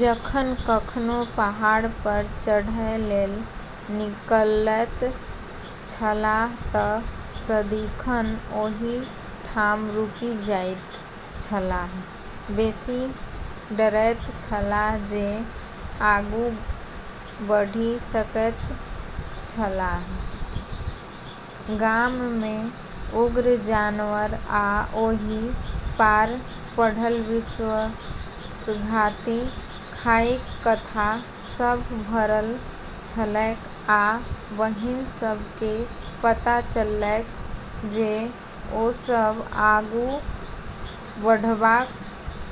जखन कखनो पहाड़ पर चढ़य लेल निकलैत छलाह तऽ सदिखन ओही ठाम रुकि जाइत छलाह, बेसी डरैत छलाह जे आगू बढ़ि सकैत छलाह । गाम मे उग्र जानवर आ ओहि पार पड़ल विश्वासघाती खाईक कथा सभ भरल छलैक आ बहिन सभ के पता चललैक जे ओ सभ आगू बढ़बाक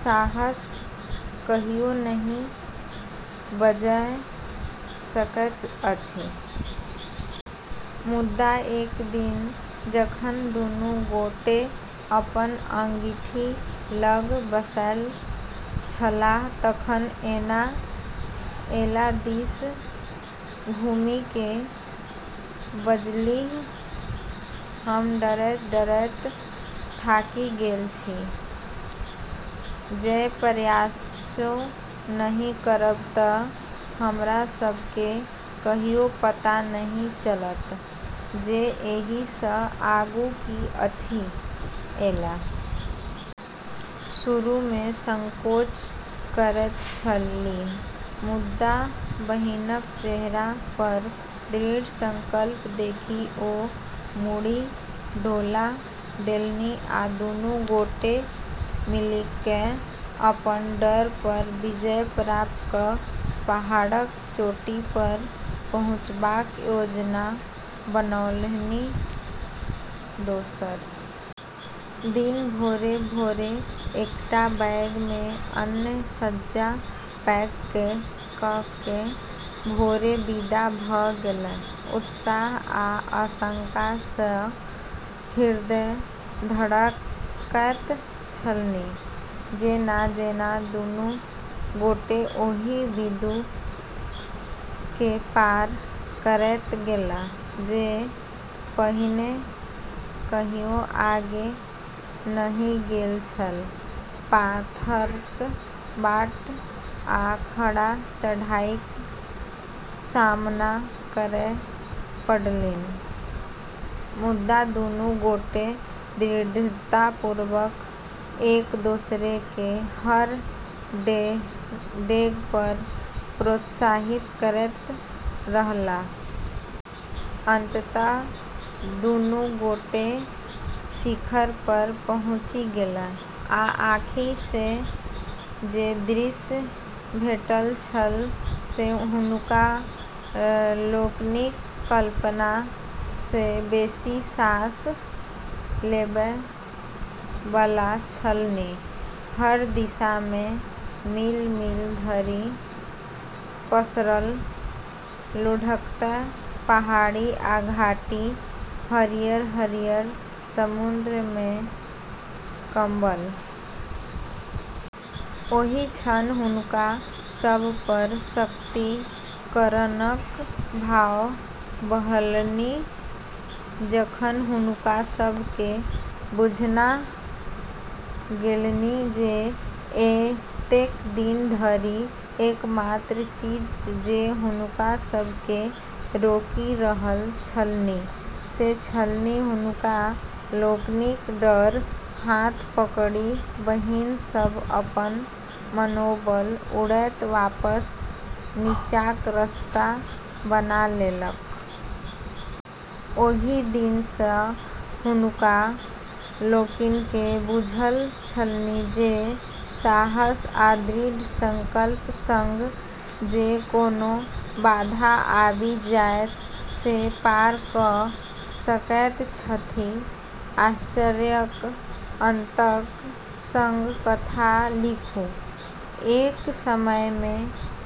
साहस कहियो नहि बजौ सकैत अछि। मुदा एक दिन जखन दुनू गोटे अपन अंगीठी लग बैसल छलाह तखन एना एला दिस घुमि कऽ बजलीह, हम डरैत-डरैत थाकि गेल छी । जँ प्रयासो नहि करब तऽ हमरा सभ केँ कहियो पता नहि चलत जे एहि सँ आगू की अछि ।एला शुरू मे संकोच करैत छलीह, मुदा बहिनक चेहरा पर दृढ़ संकल्प देखि ओ मुड़ी डोला देलनि आ दुनू गोटे मिलिकय अपन डर पर विजय प्राप्त कऽ पहाड़क चोटी पर पहुँचबाक योजना बनौलनि ।दोसर दिन भोरे-भोर एकटा बैग मे अन्न-सज्जा पैक कऽ कऽ भोरे विदा भऽ गेलाह, उत्साह आ आशंका सँ हृदय धड़कैत छलनि। जेना-जेना दुनू गोटे ओहि बिन्दु केँ पार करैत गेलाह जे पहिने कहियो आगू नहि गेल छल, पाथरक बाट आ खड़ा चढ़ाईक सामना करय पड़लनि, मुदा दुनू गोटे दृढ़तापूर्वक एक-दोसर केँ हर डेग पर प्रोत्साहित करैत रहलाह । अंततः दुनू गोटे शिखर पर पहुँचि गेलाह, आ आँखि सँ जे दृश्य भेटल छल से हुनका लोकनिक कल्पना सँ बेसी साँस लेबय बला छलनि। हर दिशा मे मील-मील धरि पसरल लुढ़कैत पहाड़ी आ घाटी, हरियर-हरियर समुद्र मे कम्बल। ओहि क्षण हुनका सभ पर सशक्तिकरणक भाव बहलनि, जखन हुनका सभ केँ बुझना गेलनि जे एतेक दिन धरि एकमात्र चीज जे हुनका सभ केँ रोकि रहल छलनि से छलनि हुनका लोकनिक डर। हाथ पकड़ि बहिन सभ अपन मनोबल उड़ैत वापस नीचाँक रस्ता बना लेलक। ओहि दिन सँ हुनका लोकनि केँ बुझल छलनि जे साहस आ दृढ़ संकल्पक संग जे कोनो बाधा आबि जायत से पार कऽ सकैत छथि। आश्चर्यक अंतक संग कथा लिखू। एक समय मे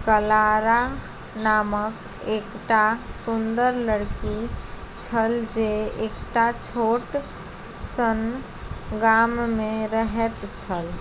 क्लारा नामक एकटा सुन्दर लड़की छल जे एकटा छोट सन गाम मे रहैत छल।